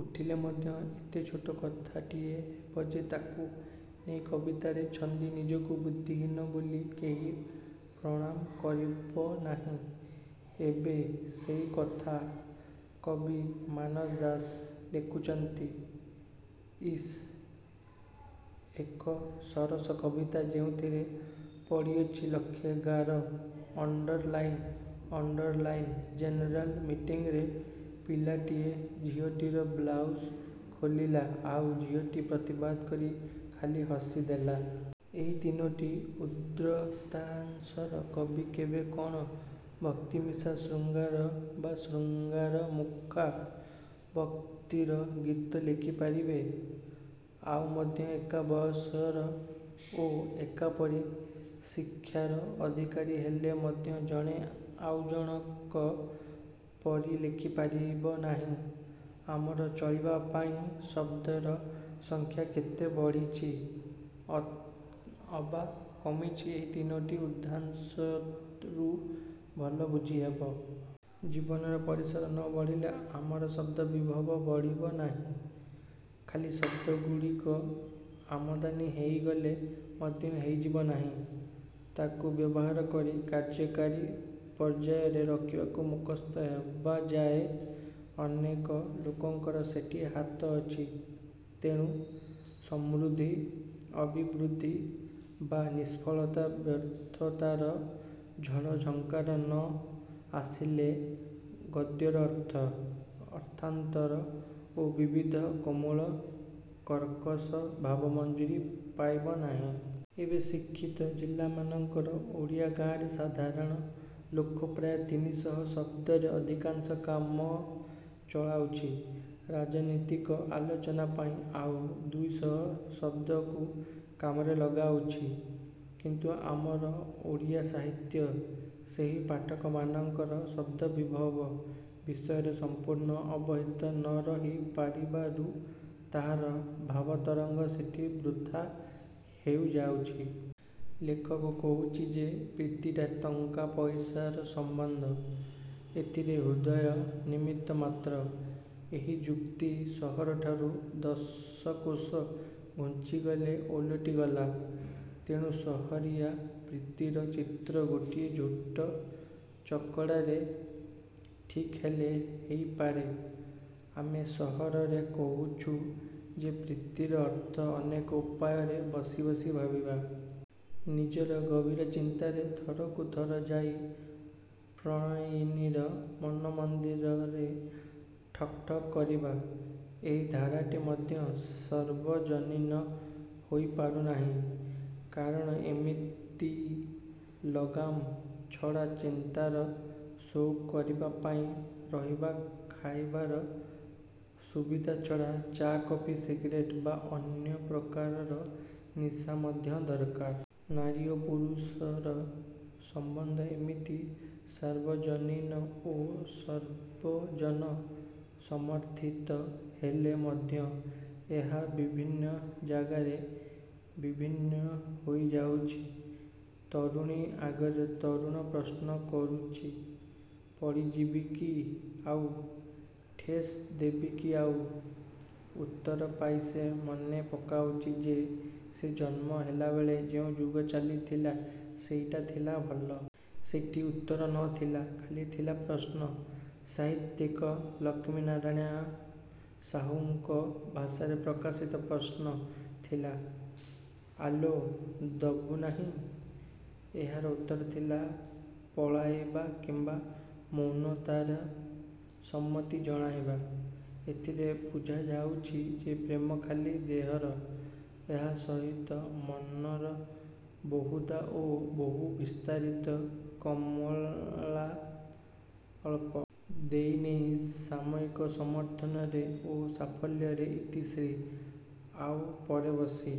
ଉଠିଲେ ମଧ୍ୟ ଏତେ ଛୋଟ କଥାଟିଏ ହେବ ଯେ ତା'କୁ ନେଇ କବିତାରେ ଛନ୍ଦି ନିଜକୁ ବୁଦ୍ଧିହୀନ ବୋଲି କେହି ପ୍ରମାଣ କରିବ ନାହିଁ। ଏବେ ସେଇ କଥା କବି ମାନସ ଦାସ ଲେଖୁଛନ୍ତି। ଇଏ ଏକ ସରସ କବିତା ଯେଉଁଥିରେ ପଡ଼ିଅଛି ଲକ୍ଷେ ଗାର underline underline general ମିଟିଂରେ ପିଲାଟିଏ ଝିଅଟିର ବ୍ଲାଉସ୍ ଖୋଲିଲା ଆଉ ଝିଅଟି ପ୍ରତିବାଦ କରି ଖାଲି ହସି ଦେଲା। ଏହି ତିନୋଟି ଉଦ୍ଧୃତାଂଶର କବି କେବେ କ'ଣ ଭକ୍ତିମିଶା ଶୃଙ୍ଗାର ବା ଶୃଙ୍ଗାରମଖା ଭକ୍ତିର ଗୀତ ଲେଖିପାରିବେ? ଆଉ ମଧ୍ୟ ଏକା ବୟସର ଓ ଏକାପରି ଶିକ୍ଷାର ଅଧିକାରୀ ହେଲେ ମଧ୍ୟ ଜଣେ ଆଉ ଜଣକ ପରି ଲେଖି ପାରିବ ନାହିଁ। ଆମର ଚଳିବାପାଇଁ ଶଦ୍ଦର ସଂଖ୍ୟା କେତେ ବଢ଼ିଛି ଅବା କମିଛି ଏହି ତିନୋଟି ଉଦ୍ଧୃତାଂଶରୁ ଭଲ ବୁଝିହବ। ଜୀବନର ପରିସର ନ ବଢ଼ିଲେ ଆମର ଶଦ୍ଦ ବିଭବ ବଢ଼ିବ ନାହିଁ। ଖାଲି ଶଦ୍ଦଗୁଡ଼ିଏ ଆମଦାନୀ ହେଇଗଲେ ମଧ୍ୟ ହେଇଯିବ ନାହିଁ। ତାକୁ ବ୍ୟବହାର କରି କାର୍ଯ୍ୟକାରୀ ପର୍ଯ୍ୟାୟରେ ରଖିବାକୁ ମୁଖସ୍ଥ ହେବା ଯାଏ ଅନେକ ଲୋକଙ୍କର ସେଠି ହାତ ଅଛି। ତେଣୁ। ସମୃଦ୍ଧି, ଅଭିବୃଦ୍ଧି ବା ନିଷ୍ଫଳତା ବ୍ୟର୍ଥତାର ଝଡ଼ ଝଙ୍କାର ନ ଆସିଲେ ଗଦ୍ୟର ଅର୍ଥ, ଅର୍ଥାନ୍ତର ଓ ବିବିଧ କୋମଳ କର୍କଶ ଭାବ ମଞ୍ଜୁରି ପାଇବ ନାହିଁ। ଏବେ ଶିକ୍ଷିତ ଜିଲାମାନଙ୍କର ଓଡ଼ିଆ ଗାଁରେ ସାଧାରଣ ଲୋକ ପ୍ରାୟ ତିନିଶହ ଶଦ୍ଦରେ ଅଧିକାଂଶ କାମ ଚଳାଉଛି। ରାଜନୀତିକ ଆଲୋଚନା ପାଇଁ ଆଉ ଦୁଇଶହ ଶଦ୍ଦକୁ କାମରେ ଲଗାଉଛି। କିନ୍ତୁ ଆମର ଓଡ଼ିଆ ସାହିତ୍ୟ ସେହି ପାଠକମାନଙ୍କର ଶଦ୍ଦବିଭବ ବିଷୟରେ ସଂପୂର୍ଣ୍ଣ ଅବହିତ ନ ରହି ପାରିବାରୁ ତାହାର ଭାବତରଙ୍ଗ ସେଠି ବୃଥା ହେଇଯାଉଛି। ଲେଖକ କହୁଛି ଯେ ପ୍ରୀତିଟା ଟଙ୍କା ପଇସାର ସମ୍ୱନ୍ଧ-ଏଥିରେ ହୃଦୟ ନିମିତ୍ତ ମାତ୍ର। ଏହି ଯୁକ୍ତି ସହରଠାରୁ ଦଶକୋଶ ଘୁଞ୍ଚିଗଲେ ଓଲଟି ଗଲା। ତେଣୁ ସହରିଆ ପ୍ରୀତିର ଚିତ୍ର ଗୋଟିଏ ଛୋଟ ଚକଡ଼ାରେ ଠିକ୍ ହେଲେ ହେଇପାରେ। ଆମେ ସହରରେ କହୁଛୁ ଯେ ପ୍ରୀତିର ଅର୍ଥ ଅନେକ ଉପାୟରେ ବସି ବସି ଭାବିବା। ନିଜର ଗଭୀର ଚିନ୍ତାରେ ଥରକୁ ଥର ଯାଇ ପ୍ରଣୟିନୀର ମନ ମନ୍ଦିରରେ ଠକ୍ ଠକ୍ କରିବା। ଏହି ଧାରାଟି ମଧ୍ୟ ସାର୍ବଜନୀନ ହୋଇ ପାରୁନାହିଁ। କାରଣ ଏମିତି ଲଗାମ ଛଡ଼ା ଚିନ୍ତାର ସଉକ କରିବା ପାଇଁ ରହିବା ଖାଇବାର ସୁବିଧା ଛଡ଼ା ଚା'କଫି ସିଗାରେଟ୍ ବା ଅନ୍ୟ ପ୍ରକାରର ନିଶା ମଧ୍ୟ ଦରକାର। ନାରୀ ଓ ପୁରୁଷର ସମ୍ୱନ୍ଧ ଏମିତି ସାର୍ବଜନୀନ ଓ ସର୍ବଜନ ସମର୍ଥିତ ହେଲେ ମଧ୍ୟ ଏହା ବିଭିନ୍ନ ଯାଗାରେ ବିଭିନ୍ନ ହୋଇଯାଉଛି। ତରୁଣୀ ଆଗରେ ତରୁଣ ପ୍ରଶ୍ନ କରୁଛି। ପଡ଼ି ଯିବି କି ଆଉ? ଠେସ ଦେବି କି ଆଉ? ଉତ୍ତର ପାଇ ସେ ମନେ ପକାଉଛି ଯେ ସେ ଜନ୍ମ ହେଲାବେଳେ ଯେଉଁ ଯୁଗ ଚାଲିଥିଲା ସେଇଟା ଥିଲା ଭଲ। ସେଠି ଉତ୍ତର ନଥିଲା-ଖାଲି ଥିଲା ପ୍ରଶ୍ନ। ସାହିତ୍ୟିକ ଲକ୍ଷ୍ମୀନାରାୟଣ ସାହୁଙ୍କ ଭାଷାରେ ପ୍ରକାଶିତ ପ୍ରଶ୍ନ ଥିଲା? ଆଲୋ, ଦବୁ ନାହିଁ? ଏହାର ଉତ୍ତର ଥିଲା ପଳାଇବା କିମ୍ୱା ମୌନତାରେ ସମ୍ମତି ଜଣାଇବା। ଏଥିରେ ବୁଝାଉଛି ଯେ ପ୍ରେମ ଖାଲି ଦେହର। ଏହା ସହିତ ମନର ବହୁଧା ଓ ବହୁବିସ୍ତାରିତ କାମନା ଅଳ୍ପ। ଦେଇ ନେଇ ସାମୟିକ ସମର୍ଥନରେ ଓ ସାଫଲ୍ୟରେ ଇତିଶ୍ରୀ। ଆଉ ପରେ ବସି